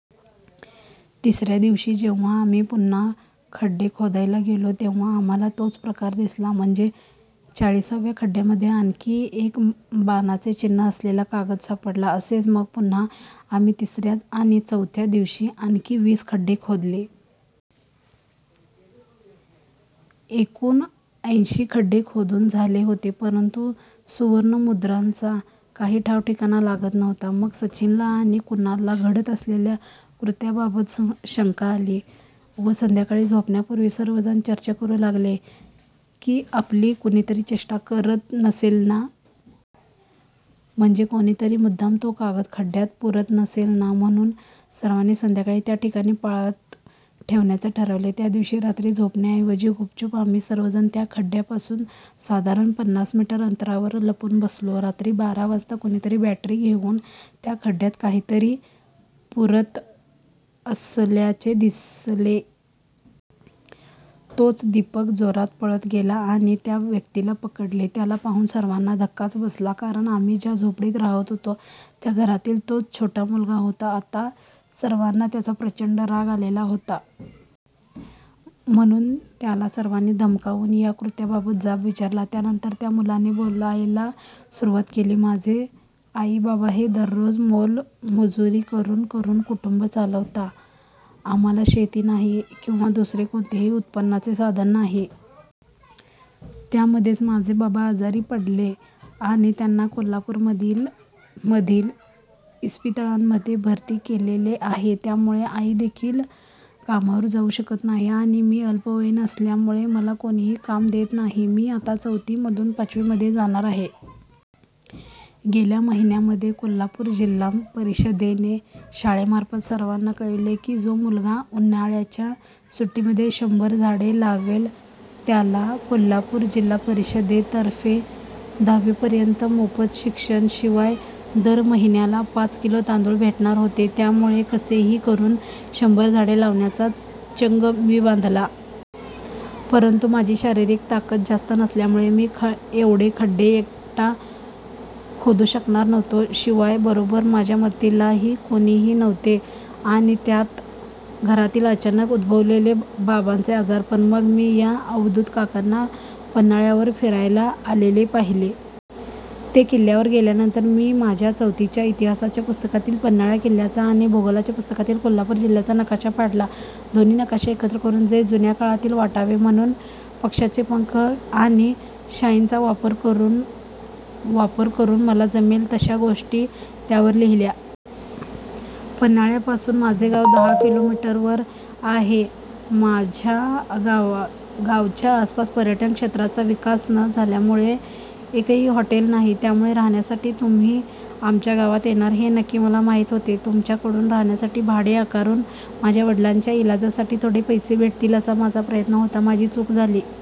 तिसऱ्या दिवशी जेव्हा आम्ही पुन्हा खड्डे खोदायला गेलो, तेव्हा आम्हाला तोच प्रकार दिसला. म्हणजे चाळीसाव्या खड्ड्यामध्ये आणखी एक बाणाचे चिन्ह असलेला कागद सापडला. असेच मग पुन्हा आम्ही तिसऱ्या आणि चौथ्या दिवशी आणखी वीस खड्डे खोदले. एकूण ऐंशी खड्डे खोदून झाले होते. परंतु सुवर्णमुद्रांचा काही ठावठिकाणा लागत नव्हता. मग सचिनला आणि कुणालला घडत असलेल्या कृत्याबाबत शंका आली व संध्याकाळी झोपण्यापूर्वी सर्वजण चर्चा करू लागले की आपली कुणीतरी चेष्टा करत नसेल ना? म्हणजे कोणीतरी मुद्दाम तो कागद खड्ड्यात पुरत नसेल ना? म्हणून सर्वांनी संध्याकाळी त्याठिकाणी पाळत ठेवण्याचे ठरवले. त्यादिवशी रात्री झोपण्याऐवजी गुपचूप आम्ही सर्वजण त्या खड्ड्यापासून साधारण पन्नास मीटर अंतरावर लपून बसलो. रात्री बारा वाजता कुणीतरी बॅटरी घेऊन त्या खड्ड्यात काहीतरी पुरत असल्याचे दिसले. तोच दीपक जोरात पळत गेला आणि त्या व्यक्तीला पकडले. त्याला पाहून सर्वांना धक्काच बसला, कारण आम्ही ज्या झोपडीत राहत होतो, त्या घरातील तोच छोटा मुलगा होता. आता सर्वांना त्याचा प्रचंड राग आलेला होता. म्हणून त्याला सर्वांनी धमकावून या कृत्याबाबत जाब विचारला. त्यानंतर त्या मुलाने बोलायला सुरुवात केली. माझे आई बाबा हे दररोज मोलमजुरी करून करून कुटुंब चालवता. आम्हाला शेती नाही किंवा दुसरे कोणतेही उत्पन्नाचे साधन नाही. त्यामध्येच माझे बाबा आजारी पडले आणि त्यांना कोल्हापूरमधील मधील इस्पितळांमध्ये भरती केलेले आहे. त्यामुळे आईदेखील कामावर जाऊ शकत नाही आणि मी अल्पवयीन असल्यामुळे मला कोणीही काम देत नाही. मी आता चौथीमधून पाचवीमध्ये जाणार आहे. गेल्या महिन्यामध्ये कोल्हापूर जिल्हा परिषदेने शाळेमार्फत सर्वांना कळविले की, जो मुलगा उन्हाळ्याच्या सुट्टीमध्ये शंभर झाडे लावेल, त्याला कोल्हापूर जिल्हा परिषदेतर्फे दहावीपर्यंत शिक्षण मोफत, शिवाय दर महिन्याला पाच किलो तांदूळ भेटणार होते. त्यामुळे कसेही करून शंभर झाडे लावण्याचा चंग मी बांधला. परंतु माझी शारीरिक ताकत जास्त नसल्यामुळे मी एवढे खड्डे एकटा खोदू शकणार नव्हतो. शिवाय बरोबर माझ्या मदतीला ही कोणीही नव्हते आणि त्यात घरातील अचानक उद्भवलेले बाबांचे आजारपण. मग मी, या अवधूत काकांना पन्हाळ्यावर फिरायला आलेले पाहिले. ते किल्ल्यावर गेल्यानंतर, मी माझ्या चौथीच्या इतिहासाच्या पुस्तकातील पन्हाळा किल्ल्याचा आणि भूगोलाच्या पुस्तकातील कोल्हापूर जिल्ह्याचा नकाशा फाडला. दोन्ही नकाशे एकत्र करून, ते जुन्या काळातील वाटावे म्हणून पक्षाचे पंख आणि शाईचा वापर करून वापर करून मला जमेल तशा गोष्टी त्यावर लिहिल्या. पन्हाळ्यापासून माझे गाव दहा किलोमीटरवर आहे. माझ्या गावच्या आसपास पर्यटन क्षेत्राचा विकास न झाल्यामुळे एकही हॉटेल नाही. त्यामुळे राहण्यासाठी तुम्ही आमच्या गावात येणार हे नक्की मला माहीत होते. तुमच्याकडून राहण्यासाठी भाडे आकारून, माझ्या वडिलांच्या इलाजासाठी थोडेसे पैसे भेटतील असा माझा प्रयत्न होता. माझी चूक झाली.